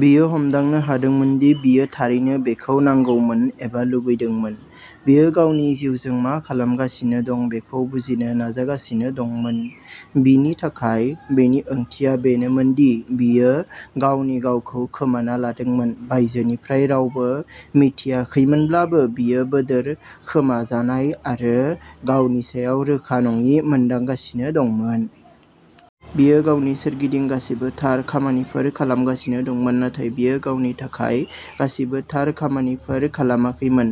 बियो हमदांनो हादोंमोन दि बियो थारैनो बेखौ नांगौमोन एबा लुबैदोंमोन। बियो गावनि जिउजों मा खालामगासिनो दं बेखौ बुजिनो नाजागासिनो दंमोन। बिनि थाखाय बेनि ओंथिया बेनोमोन दि बियो गावनि गावखौ खोमाना लादोंमोन। बायजोनिफ्राय रावबो मिन्थियाखैमोनब्लाबो, बियो बोदोर, खोमाजानाय आरो गावनि सायाव रोखा नंङि मोनदांगासिनो दंमोन। बियो गावनि सोरगिदिं गासैबो "थार" खामानिफोर खालामगासिनो दंमोन, नाथाय बियो गावनि थाखाय गासैबो थार खामानिफोर खालामाखैमोन।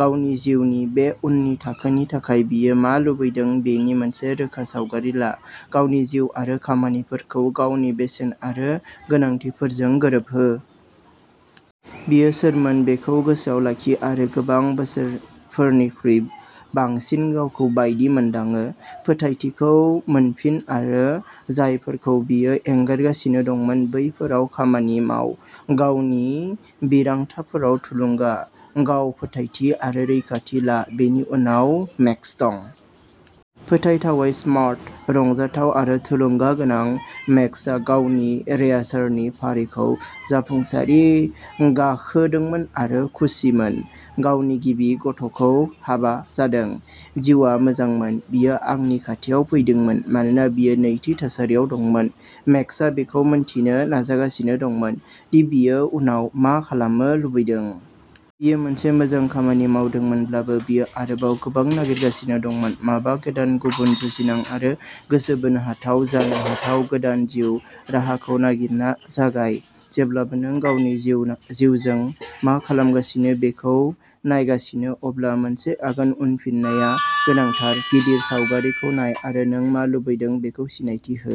गावनि जिउनि बे उननि थाखोनि थाखाय बियो मा लुबैदों बेनि मोनसे रोखा सावगारि ला। गावनि जिउ आरो खामानिफोरखौ गावनि बेसेन आरो गोनांथिफोरजों गोरोबहो। बियो सोरमोन बेखौ गोसोआव लाखि आरो गोबां बोसोरफोरनिख्रुइ बांसिन गावखौ बायदि मोनदांङो। फोथायथिखौ मोनफिन आरो जायफोरखौ बियो एंगारगासिनो दंमोन बैफोराव खामानि माव। गावनि थिरांथाफोराव थुलुंगा, गाव-फोथायथि आरो रैखाथि ला बेनि उनाव, मेक्स दं। फोथायथावै स्मार्ट, रंजाथाव आरो थुलुंगा गोनां, मेक्सआ गावनि एरियारनि फारिखौ जाफुंसारै गाखोदोंमोन आरो खुसिमोन। गावनि गिबि गथ'जों हाबा जादों। जिउआ मोजांमोन। बियो आंनि खाथियाव फैदोंमोन मानोना बियो नैथि थासारियाव दंमोन मेक्सआ बेखौ मिन्थिनो नाजागासिनो दंमोन दि बियो उनाव मा खालामनो लुबैदों। बियो मोनसे मोजां खामानि मावदोंमोनब्लाबो, बियो आरोबाव गोबां नागिरगासिनो दंमोन-माबा गोदान, गुबुन, जुजिनां आरो गोसो बोनो हाथाव। जानो हाथाव गोदान जिउ राहाखौ नागिरनो जागाय। जेब्लानो नों गावनि जिउजों मा खालामगासिनो बेखौ नायगासिनो, अब्ला मोनसे आगान उनफिननाया गोनांथार, गिदिर सावगारिखौ नाय आरो नों मा लुबैदों बेखौ सिनायथि हो।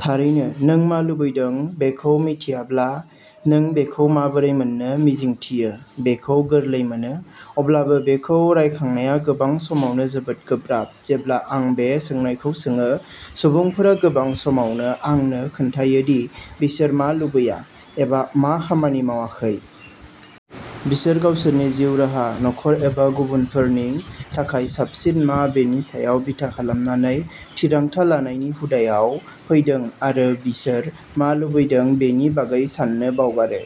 थारैनो, नों मा लुबैदों बेखौ मिथियाब्ला, नों बेखौ माबोरै मोन्नो मिजिंथियो? बेखौ गोरलै मोनो, अब्लाबो बेखौ रायखांनाया गोबां समावनो जोबोद गोब्राब। जेब्ला आं बे सोंनायखौ सोंङो, सुबुंफोरा गोबां समावनो आंनो खोन्थायो दि बिसोर मा लुबैया एबा मा खामानि मावाखै। बिसोर गावसोरनि जिउ राहा, नखर एबा गुबुनफोरनि थाखाय साबसिन मा बेनि सायाव बिथा खालामनानै थिरांथा लानायनि हुदाआव फैदोंआरो बिसोर मा लुबैदों बेनि बागै साननो बावगारो।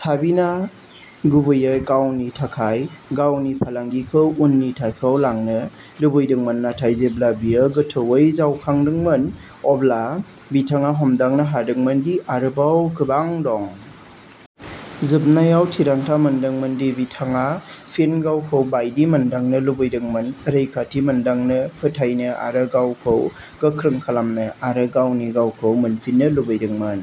साबिना गुबैयै गावनि थाखाय "गावनि फालांगिखौ उननि थाखोआव लांनो" लुबैदोंमोन, नाथाय जेब्ला बियो गोथौवै जावखांदोंमोन, अब्ला बिथांङा हमदांनो हादोंमोन दि आरोबाव गोबां दं। जोबनायाव बिथांङा मोनदोंमोन दि बिथांङा फिन गावखौ बायदि मोनदांनो लुबैदोंमोन। रैखाथि मोनदांनो फोथायनो आरो गावखौ गोख्रों खालाम आरो गावनि गावखौ मोनफिन्नो लुबैदोंमोन।